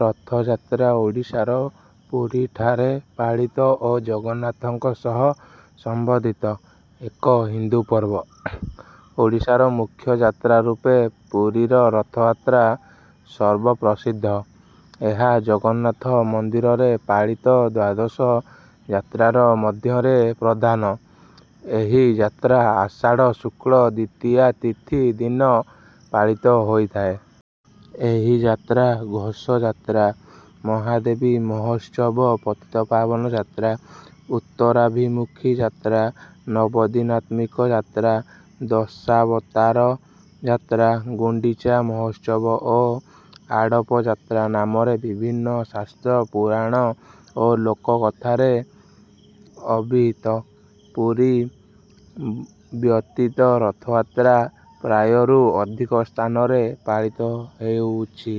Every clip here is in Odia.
ରଥଯାତ୍ରା ଓଡ଼ିଶାର ପୁରୀଠାରେ ପାଳିତ ଓ ଜଗନ୍ନାଥଙ୍କ ସହ ସମ୍ବନ୍ଧିତ ଏକ ହିନ୍ଦୁ ପର୍ବ। ଓଡ଼ିଶାର ମୁଖ୍ୟ ଯାତ୍ରା ରୂପେ ପୁରୀର ରଥଯାତ୍ରା ସର୍ବପ୍ରସିଦ୍ଧ। ଏହା ଜଗନ୍ନାଥ ମନ୍ଦିରରେ ପାଳିତ ଦ୍ୱାଦଶ ଯାତ୍ରାର ମଧ୍ୟରେ ପ୍ରଧାନ। ଏହି ଯାତ୍ରା ଆଷାଢ଼ ଶୁକ୍ଳ ଦ୍ୱିତୀୟା ତିଥି ଦିନ ପାଳିତ ହୋଇଥାଏ। ଏହି ଯାତ୍ରା ଘୋଷ ଯାତ୍ରା, ମହାବେଦୀ ମହୋତ୍ସବ, ପତିତପାବନ ଯାତ୍ରା, ଉତ୍ତରାଭିମୁଖୀ ଯାତ୍ରା, ନବଦିନାତ୍ମିକା ଯାତ୍ରା, ଦଶାବତାର ଯାତ୍ରା, ଗୁଣ୍ଡିଚା ମହୋତ୍ସବ ଓ ଆଡ଼ପ ଯାତ୍ରା ନାମରେ ବିଭିନ୍ନ ଶାସ୍ତ୍ର, ପୁରାଣ ଓ ଲୋକ କଥାରେ ଅଭିହିତ। ପୁରୀ ବ୍ୟତୀତ ରଥଯାତ୍ରା ପ୍ରାୟ ରୁ ଅଧିକ ସ୍ଥାନରେ ପାଳିତ ହେଉଛି।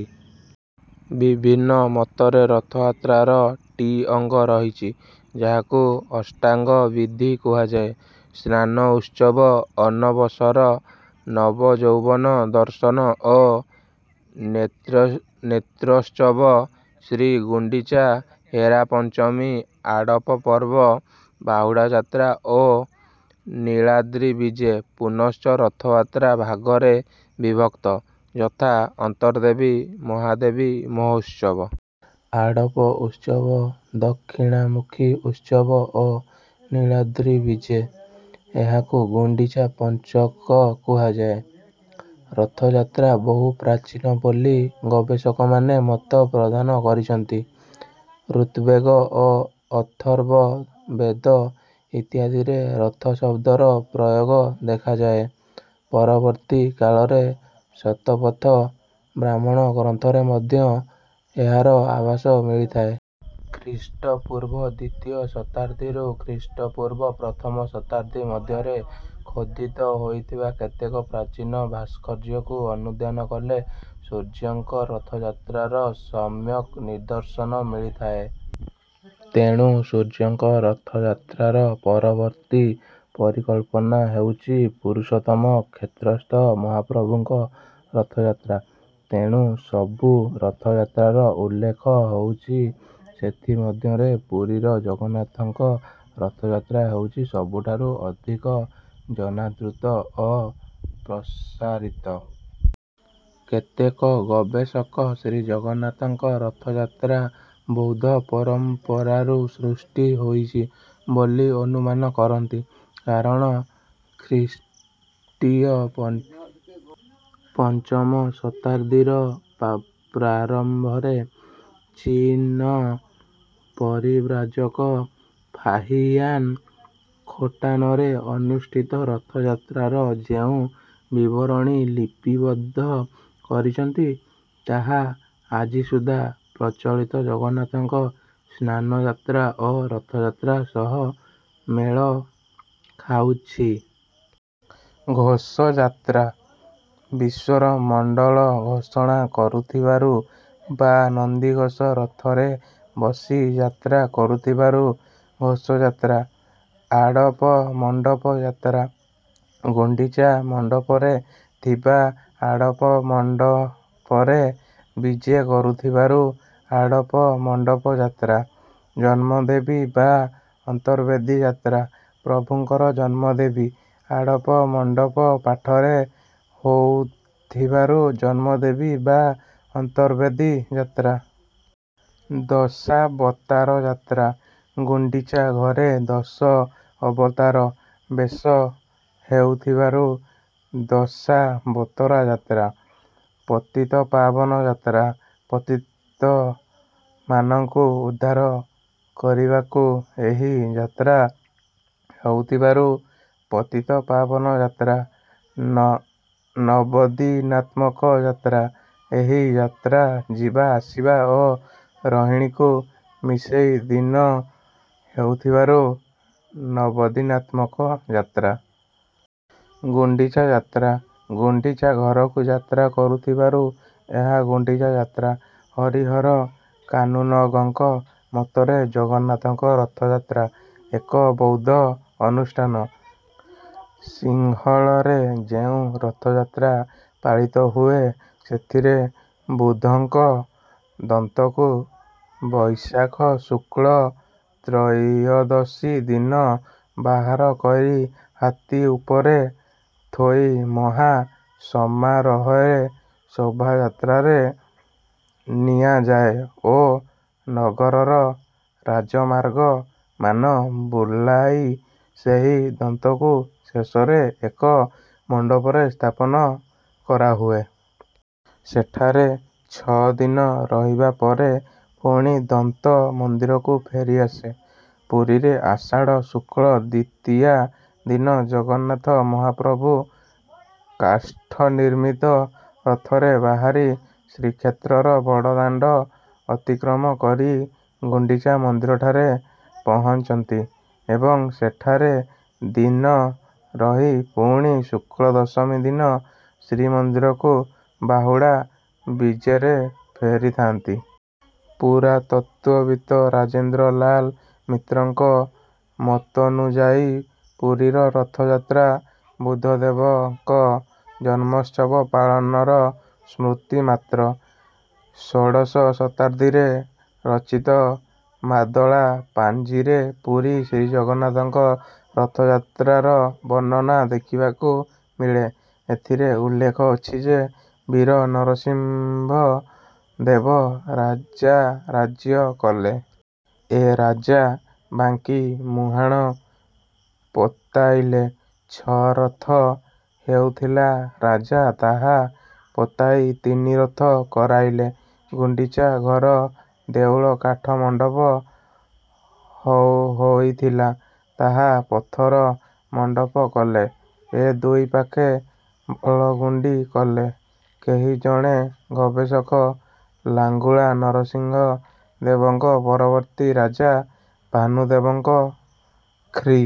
ବିଭିନ୍ନ ମତରେ ରଥଯାତ୍ରାର ଟି ଅଙ୍ଗ ରହିଛି, ଯାହାକୁ ଅଷ୍ଟାଙ୍ଗ ବିଧି କୁହାଯାଏ।. ସ୍ନାନ ଉତ୍ସବ,. ଅନବସର,. ନବଯୌବନ ଦର୍ଶନ ଓ ନେତ୍ରୋତ୍ସବ,. ଶ୍ରୀଗୁଣ୍ଡିଚା,. ହେରାପଞ୍ଚମୀ,. ଆଡ଼ପ ପର୍ବ,. ବାହୁଡ଼ା ଯାତ୍ରା ଓ. ନୀଳାଦ୍ରି ବିଜେ। ପୁନଶ୍ଚ ରଥଯାତ୍ରା ଭାଗରେ ବିଭକ୍ତ। ଯଥା. ଅନ୍ତର୍ବେଦୀ,. ମହାବେଦୀ ମହୋତ୍ସବ,. ଆଡ଼ପ ଉତ୍ସବ,. ଦକ୍ଷିଣାମୁଖୀ ଉତ୍ସବ ଓ. ନୀଳାଦ୍ରି ବିଜେ। ଏହାକୁ ଗୁଣ୍ଡିଚା ପଞ୍ଚକ କୁହଯାଏ। ରଥଯାତ୍ରା ବହୁ ପ୍ରାଚୀନ ବୋଲି ଗବେଷକମାନେ ମତ ପ୍ରଦାନ କରିଛନ୍ତି। ଋଗ୍ବେଦ ଓ ଅଥର୍ବ ବେଦ ଇତ୍ୟାଦିରେ ରଥ ଶବ୍ଦର ପ୍ରୟୋଗ ଦେଖାଯାଏ। ପରବର୍ତ୍ତୀ କାଳରେ ଶତପଥ ବ୍ରାହ୍ମଣ ଗ୍ରନ୍ଥରେ ମଧ୍ୟ ଏହାର ଆଭାସ ମିଳିଥାଏ। ଖ୍ରୀଷ୍ଟପୂର୍ବ ଦ୍ୱିତୀୟ ଶତାଦ୍ଦୀରୁ ଖ୍ରୀଷ୍ଟପୂର୍ବ ପ୍ରଥମ ଶତାଦ୍ଦୀ ମଧ୍ୟରେ ଖୋଦିତ ହୋଇଥିବା କେତେକ ପ୍ରାଚୀନ ଭାସ୍କର୍ଯ୍ୟକୁ ଅନୁଧ୍ୟାନ କଲେ ସୂର୍ଯ୍ୟଙ୍କ ରଥଯାତ୍ରାର ସମ୍ୟକ୍ ନିଦର୍ଶନ ମିଳିଥାଏ। ତେଣୁ ସୂର୍ଯ୍ୟଙ୍କ ରଥଯାତ୍ରାର ପରବର୍ତ୍ତୀ ପରିକଳ୍ପନା ହେଉଛି ପୁରୁଷୋତ୍ତମ କ୍ଷେତ୍ରସ୍ଥ ମହାପ୍ରଭୁଙ୍କ ରଥଯାତ୍ରା। ଯେଉଁ ସବୁ ରଥଯାତ୍ରାର ଉଲ୍ଲେଖ ହୋଇଛି ସେଥି ମଧ୍ୟରେ ପୁରୀର ଶ୍ରୀଜଗନ୍ନାଥଙ୍କ ରଥଯାତ୍ରା ହେଉଛି ସବୁଠାରୁ ଅଧିକ ଜନାଦୃତ ଓ ପ୍ରସାରିତ। କେତେକ ଗବେଷକ ଶ୍ରୀଜଗନ୍ନାଥଙ୍କ ରଥଯାତ୍ରା ବୌଦ୍ଧ ପରମ୍ପରାରୁ ସୃଷ୍ଟି ହୋଇଛି ବୋଲି ଅନୁମାନ କରନ୍ତି। କାରଣ ଖ୍ରୀଷ୍ଟୀୟ ପଞ୍ଚମ ଶତାଦ୍ଦୀର ପ୍ରାରମ୍ଭରେ ଚୀନ ପରିବ୍ରାଜକ ଫାହିୟାନ୍ ଖୋଟାନରେ ଅନୁଷ୍ଠିତ ରଥଯାତ୍ରାର ଯେଉଁ ବିବରଣୀ ଲିପିବଦ୍ଧ କରିଛନ୍ତି, ତାହା ଆଜିସୁଦ୍ଧା ପ୍ରଚଳିତ ଜଗନ୍ନାଥଙ୍କ ସ୍ନାନଯାତ୍ରା ଓ ରଥଯାତ୍ରା ସହ ମେଳ ଖାଉଛି। ଘୋଷଯାତ୍ରା: ବିଶ୍ୱର ମଙ୍ଗଳ ଘୋଷଣା କରୁଥିବାରୁ ବା ନନ୍ଦିଘୋଷ ରଥରେ ବସି ଯାତ୍ରା କରୁଥିବାରୁ ଘୋଷଯାତ୍ରା। ଆଡ଼ପମଣ୍ଡପ ଯାତ୍ରା: ଗୁଣ୍ଡିଚା ମଣ୍ଡପରେ ଥିବା ଆଡ଼ପମଣ୍ଡପରେ ବିଜେ କରୁଥିବାରୁ ଆଡ଼ପମଣ୍ଡପ ଯାତ୍ରା। ଜନ୍ମବେଦୀ ବା ଅନ୍ତର୍ବେଦୀ ଯାତ୍ରା: ପ୍ରଭୁଙ୍କର ଜନ୍ମ ବେଦୀ ଆଡ଼ପମଣ୍ଡପଠାରେ ହୋଇଥିବାରୁ ଜନ୍ମବେଦୀ ବା ଅନ୍ତର୍ବେଦୀ ଯାତ୍ରା। ଦଶାବତାର ଯାତ୍ରା: ଗୁଣ୍ଡିଚା ଘରେ ଦଶ ଅବତାର ବେଶ ହେଉଥିବାରୁ ଦଶାବତାର ଯାତ୍ରା। ପତିତପାବନ ଯାତ୍ରା: ପତିତମାନଙ୍କୁ ଉଦ୍ଧାର କରିବାକୁ ଏହି ଯାତ୍ରା ହେଉଥିବାରୁ ପତିତପାବନ ଯାତ୍ରା। ନବଦିନାତ୍ମକ ଯାତ୍ରା: ଏହି ଯାତ୍ରା ଯିବା ଆସିବା ଓ ରହଣୀକୁ ମିଶେଇ ଦିନ ହେଉଥିବାରୁ ନବଦିନାତ୍ମକ ଯାତ୍ରା। ଗୁଣ୍ଡିଚା ଯାତ୍ରା: ଗୁଣ୍ଡିଚା ଘରକୁ ଯାତ୍ରା କରୁଥିବାରୁ ଏହା ଗୁଣ୍ଡିଚା ଯାତ୍ରା। ହରିହର କାନୁନଗୋଙ୍କ ମତରେ ଜଗନ୍ନାଥଙ୍କ ରଥଯାତ୍ରା ଏକ ବୌଦ୍ଧ ଅନୁଷ୍ଠାନ। ସିଂହଳରେ ଯେଉଁ ରଥଯାତ୍ରା ପାଳିତ ହୁଏ, ସେଥିରେ ବୁଦ୍ଧଙ୍କ ଦନ୍ତକୁ ବୈଶାଖ ଶୁକ୍ଳ ତ୍ରୟୋଦଶୀ ଦିନ ବାହାର କରି ହାତୀ ଉପରେ ଥୋଇ ମହା ସମାରୋହରେ ଶୋଭାଯାତ୍ରାରେ ନିଆଯାଏ ଓ ନଗରର ରାଜମାର୍ଗ ମାନ ବୁଲାଇ ସେହି ଦନ୍ତକୁ ଶେଷରେ ଏକ ମଣ୍ଡପରେ ସ୍ଥାପନ କରାହୁଏ। ସେଠାରେ ଛଅଦିନ ରହିବା ପରେ ପୁଣି ଦନ୍ତ ମନ୍ଦିରକୁ ଫେରି ଆସେ। ପୁରୀରେ ଆଷାଢ଼ ଶୁକ୍ଳ ଦ୍ୱିତୀୟା ଦିନ ଜଗନ୍ନାଥ ମହାପ୍ରଭୁ କାଷ୍ଠ ନିର୍ମିତ ରଥରେ ବାହାରି ଶୀକ୍ଷେତ୍ରର ବଡ଼ଦାଣ୍ଡ ଅତିକ୍ରମ କରି ଗୁଣ୍ଡିଚା ମନ୍ଦିରଠାରେ ପହଞ୍ଚନ୍ତି ଏବଂ ସେଠାରେ ଦିନ ରହି ପୁଣି ଶୁକ୍ଳ ଦଶମୀ ଦିନ ଶ୍ରୀମନ୍ଦିରରକୁ ବାହୁଡା ବିଜେରେ ଫେରିଥାନ୍ତି। ପୁରାତତ୍ତ୍ୱବିତ ରାଜେନ୍ଦ୍ର ଲାଲ ମିତ୍ରଙ୍କ ମତନୁଯାୟୀ ପୁରୀର ରଥଯାତ୍ରା ବୁଦ୍ଧଦେବଙ୍କ ଜନ୍ମୋତ୍ସବ ପାଳନର ସ୍ମୃତି ମାତ୍ର। ଷୋଡ଼ଶ ଶତାଦ୍ଦୀରେ ରଚିତ ମାଦଳା ପାଞ୍ଜିରେ ପୁରୀ ଶ୍ରୀଜଗନ୍ନାଥଙ୍କ ରଥଯାତ୍ରାର ବର୍ଣ୍ଣନା ଦେଖିବାକୁ ମିଳେ। ଏଥିରେ ଉଲ୍ଲେଖ ଅଛି ଯେ, ବୀର ନରସିଂହ ଦେବ ରାଜା ରାଜ୍ୟ କଲେ। ଏ ରାଜା ବାଙ୍କୀ ମୁହାଣ ପୋତାଇଲେ। ଛଅ ରଥ ହେଉଥିଲା, ରାଜା ତାହା ପୋତାଇ ତିନି ରଥ କରାଇଲେ। ଗୁଣ୍ଡିଚା ଘର ଦେଉଳ କାଠ ମଣ୍ଡପ ହୋଇଥିଲା, ତାହା ପଥର ମଣ୍ଡପ କଲେ। ଏ ଦୁଇ ପାଖେ ବଳଗଣ୍ଡି କଲେ।। କେହି ଜଣେ ଗବେଷକ ଲାଙ୍ଗୁଳା ନରସିଂହ ଦେବଙ୍କ ପରବର୍ତ୍ତୀ ରାଜା ଭାନୁଦେବଙ୍କ ଖ୍ରୀ.